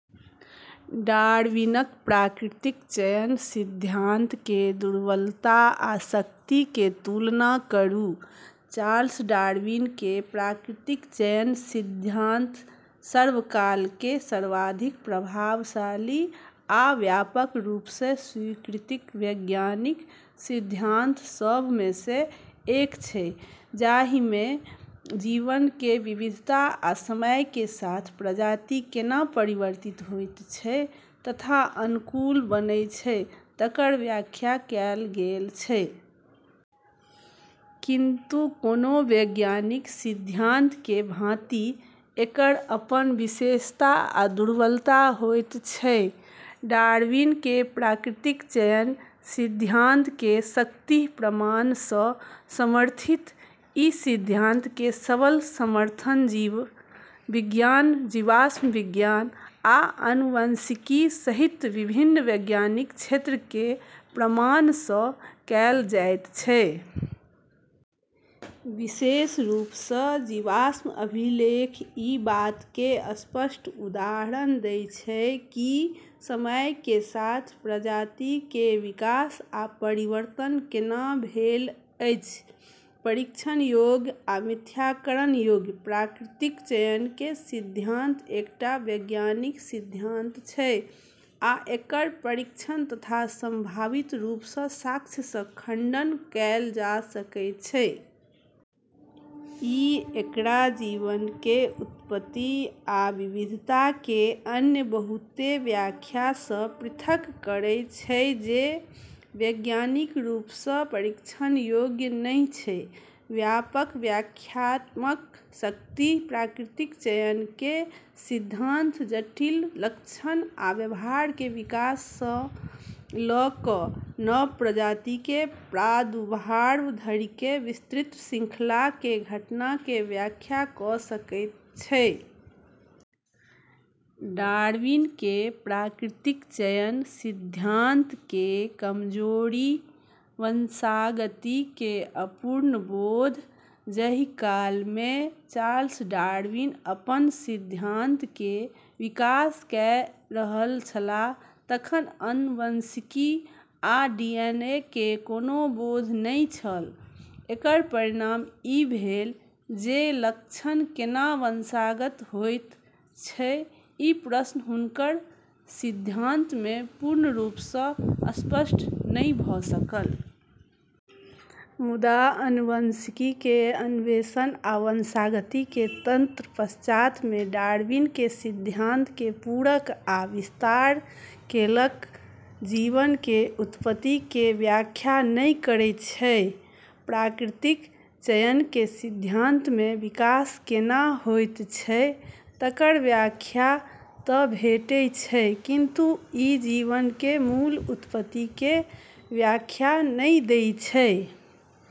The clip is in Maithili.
डार्विनक प्राकृतिक चयन सिद्धांत के दुर्बलता आ शक्ति के तुलना करू। चार्ल्स डार्विन के प्राकृतिक चयन सिद्धांत सर्वकाल के सर्वाधिक प्रभावशाली आ व्यापक रूप सँ स्वीकृत वैज्ञानिक सिद्धांत सभ में सँ एक छै, जहि में जीवन के विविधता आ समय के साथ प्रजाति केंना परिवर्तित होइत छै तथा अनुकूल बनै छै, तकर व्याख्या कएल गेल छै। किंतु, कोनो वैज्ञानिक सिद्धांत के भाँति एकर अपन विशेषता आ दुर्बलता होइत छै। डार्विन के प्राकृतिक चयन सिद्धांत के शक्ति: प्रमाण सँ समर्थित: ई सिद्धांत के सबल समर्थन जीव विज्ञान, जीवाश्म विज्ञान, आ आनुवंशिकी सहित विभिन्न वैज्ञानिक क्षेत्र के प्रमाण सँ कएल जाइत छै। विशेष रूप सँ जीवाश्म अभिलेख ई बात के स्पष्ट उदाहरण दै छै कि समय के साथ प्रजाति के विकास आ परिवर्तन केंना भेल अछि। परीक्षण योग्य आ मिथ्याकरण योग्य: प्राकृतिक चयन के सिद्धांत एकटा वैज्ञानिक सिद्धांत छै आ एकर परीक्षण तथा संभावित रूप सँ साक्ष्य सँ खंडन कएल जा सकै छै। ई एकरा जीवन के उत्पत्ति आ विविधता के अन्य बहुते व्याख्या सँ पृथक् करै छै जे वैज्ञानिक रूप सँ परीक्षण योग्य नहि छै। व्यापक व्याख्यात्मक शक्ति: प्राकृतिक चयन के सिद्धांत जटिल लक्षण आ व्यवहार के विकास सँ लऽ कऽ नव प्रजाति के प्रादुर्भाव धरि के विस्तृत शृंखला के घटना के व्याख्या कऽ सकै छै। डार्विन के प्राकृतिक चयन सिद्धांत के कमजोरी: वंशागति के अपूर्ण बोध: जहि काल में चार्ल्स डार्विन अपन सिद्धांत के विकास कए रहल छलाह, तखन आनुवंशिकी वा डीएनए के कोनो बोध नहि छल। एकर परिणाम ई भेल जे लक्षण केंना वंशागत होइत छै, ई प्रश्न हुनकर सिद्धांत में पूर्ण रूप सँ स्पष्ट नहि भऽ सकल। मुदा आनुवंशिकी के अन्वेषण आ वंशागति के तंत्र पश्चात् में डार्विन के सिद्धांत के पूरक आ विस्तार केलक। जीवन के उत्पत्ति के व्याख्या नहि करै छै: प्राकृतिक चयन के सिद्धांत में विकास केंना होइत छै, तकर व्याख्या तँ भेटै छै, किंतु ई जीवन के मूल उत्पत्ति के व्याख्या नहि दै छै।